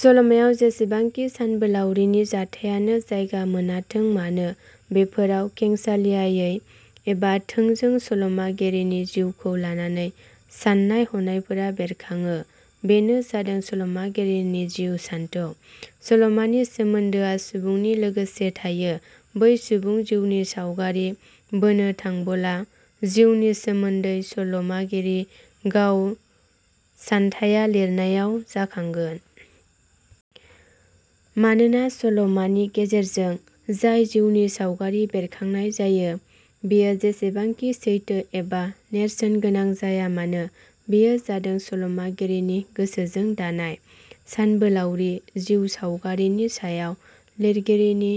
सल'मायाव जेसेबांखि सानबोलावरिनि जाथाइयानो जायगा मोनाथों मानो बेफोराव खेंसालियायै एबा थोंजो सल 'मागिरिनि जिउखौ लानानै साननाय हनायफोरा बेरखाङो बेनो जादों सल'मागिरिनि जिउ सानथौ। सलमानि सोमोन्दोआ सुबुंनि लोगोसे थायो। बै सुबुं जिउनि सावगारि बोनो थांबला जिउनि सोमोन्दै सल 'मागिरि गाव सानथाया लिरनायाव जाखांगोन। मानोना, सलमानि गेजेरजों जाय जिउनि सावगारि बेरखांनाय जायो, बेयो जेसेबांखि सैथो एबा नेरसोनगोनां जायामानो बेयो जादों सल'मागिरिनि गोसोजों दानाय। सानबोलाउरि जिउ सावगारिनि सायाव लिरगिरिनि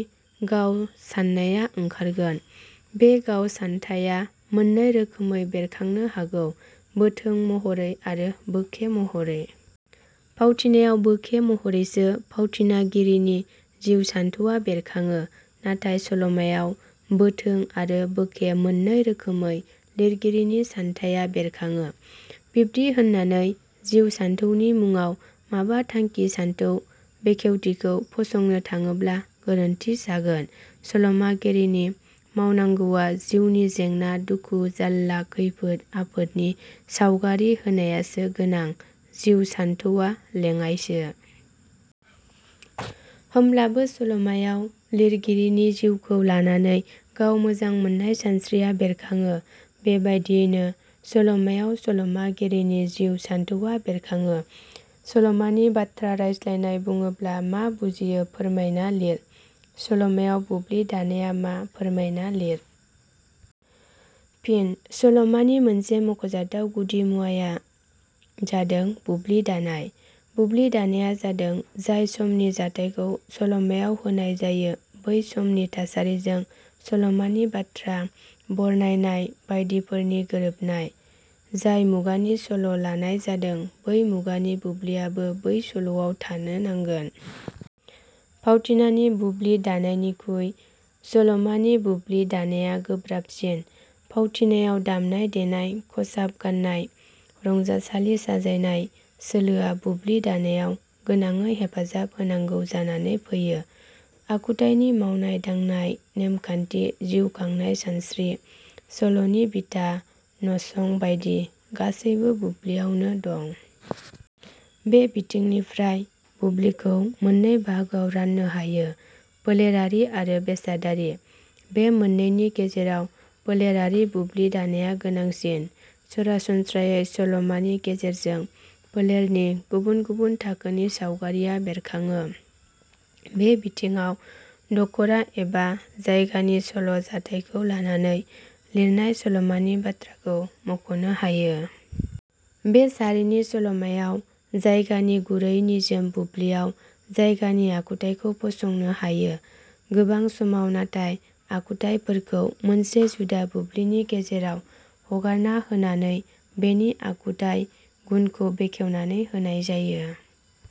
गाव साननाया ओंखारगोन, बे गाव सानथाया मोननै रोखोमै बेरखांनो हागौ- बोथों महरै आरो बोखे महरै। फावथिनायाव बोखे महरैसो फावथिनागिरिनि जिउ सानथौवा बेरखाङो। नाथाय सलमायाव बोथों आरो बोखे मोननै रोखोमै लिरगिरिनि सानथाया बेरखाङो, बिब्दि होननानै जिउ सानथौनि मुङाव माबा थांखि सानथौ बेखेवथिखौ फसंनो थाङोब्ला गोरोन्थि जागोन। सल 'मागिरिनि मावनांगौवा जिउनि जेंना, दुखु, जाल्ला, खैफोद आफोदनि सावगारि होनायासो गोनां, जिउ सानथौवा लेङाइसो। होमब्लाबो सल'मायाव' लिरगिरिनि जिउखौ लानानै गाव मोजां मोननाय सानस्रिया बेरखाङो, बेबादियैनो सल 'मायाव सल 'मागिरिनि जिउ सानथौवा बेरखाङो। सल 'मानि बाथ्रा रायज्लायनाय बुङोब्ला मा बुजियो फोरमायना लिर। सल 'मायाव बुब्लि दानाया मा फोरमायना लिर। फिन: सल 'मानि मोनसे मख'जाथाव गुदि मुवाया जादों बुब्लि दानाय। बुब्लि दानाया जादों जाय समनि जाथाइखौ सल 'मायाव होनाय जायो बै समनि थासारिजों सलमानि बाथ्रा, बरनायनाय बायदिफोरनि गोरोबनाय। जाय मुगानि सल' लानाय जादों बै मुगानि बुब्लियाबो बै सल'आव थानो नांगोन। फावथिनानि बुब्लि दानायनिखुइ सलमानि बुब्लि दानाया गोब्राबसिन फावथिनायाव दामनाय देनाय, खसाब गाननाय रंजासालि साजायनाय सोलोआ बुब्लि दानायाव गोनाङै हेफाजाब होनांगौ जानानै फैयो। आखुथाइनि मावनाय दांनाय, नेमखान्थि जिउ खांनाय सानस्रि, सल 'नि बिथा, नसं बायदि गासैबो बुब्लियावनो दं। बे बिथिंनिफ्राय बुब्लिखौ मोननै बाहागोआव राननो हायो- फोलेरारि आरो बेसादारि। बे मोननैनि गेजेराव फोलेरारि बुब्लि दानाया गोनांसिन। सरासनस्रायै सल'मानि गेजेरजों फोलेरनि गुबुन गुबुन थाखोनि सावगारिया बेरखाङो। बे बिथिङाव दखरा एबा जायगानि सल' जाथायखौ लानानै लिरनाय सल 'मानि, बाथ्राखौ मख 'नो हायो। बे सारिनि सल 'मायाव जायगानि गुरै निजोम बुब्लियाव जायगानि आखुथाइखौ फसंनो हायो। गोबां समाव नाथाय आखुथाइफोरखौ मोनसे जुदा बुब्लिनि गेजेराव हगारनाय होनानै बेनि आखुथाइ गुनखौ बेखेवनानै होनाय जायो।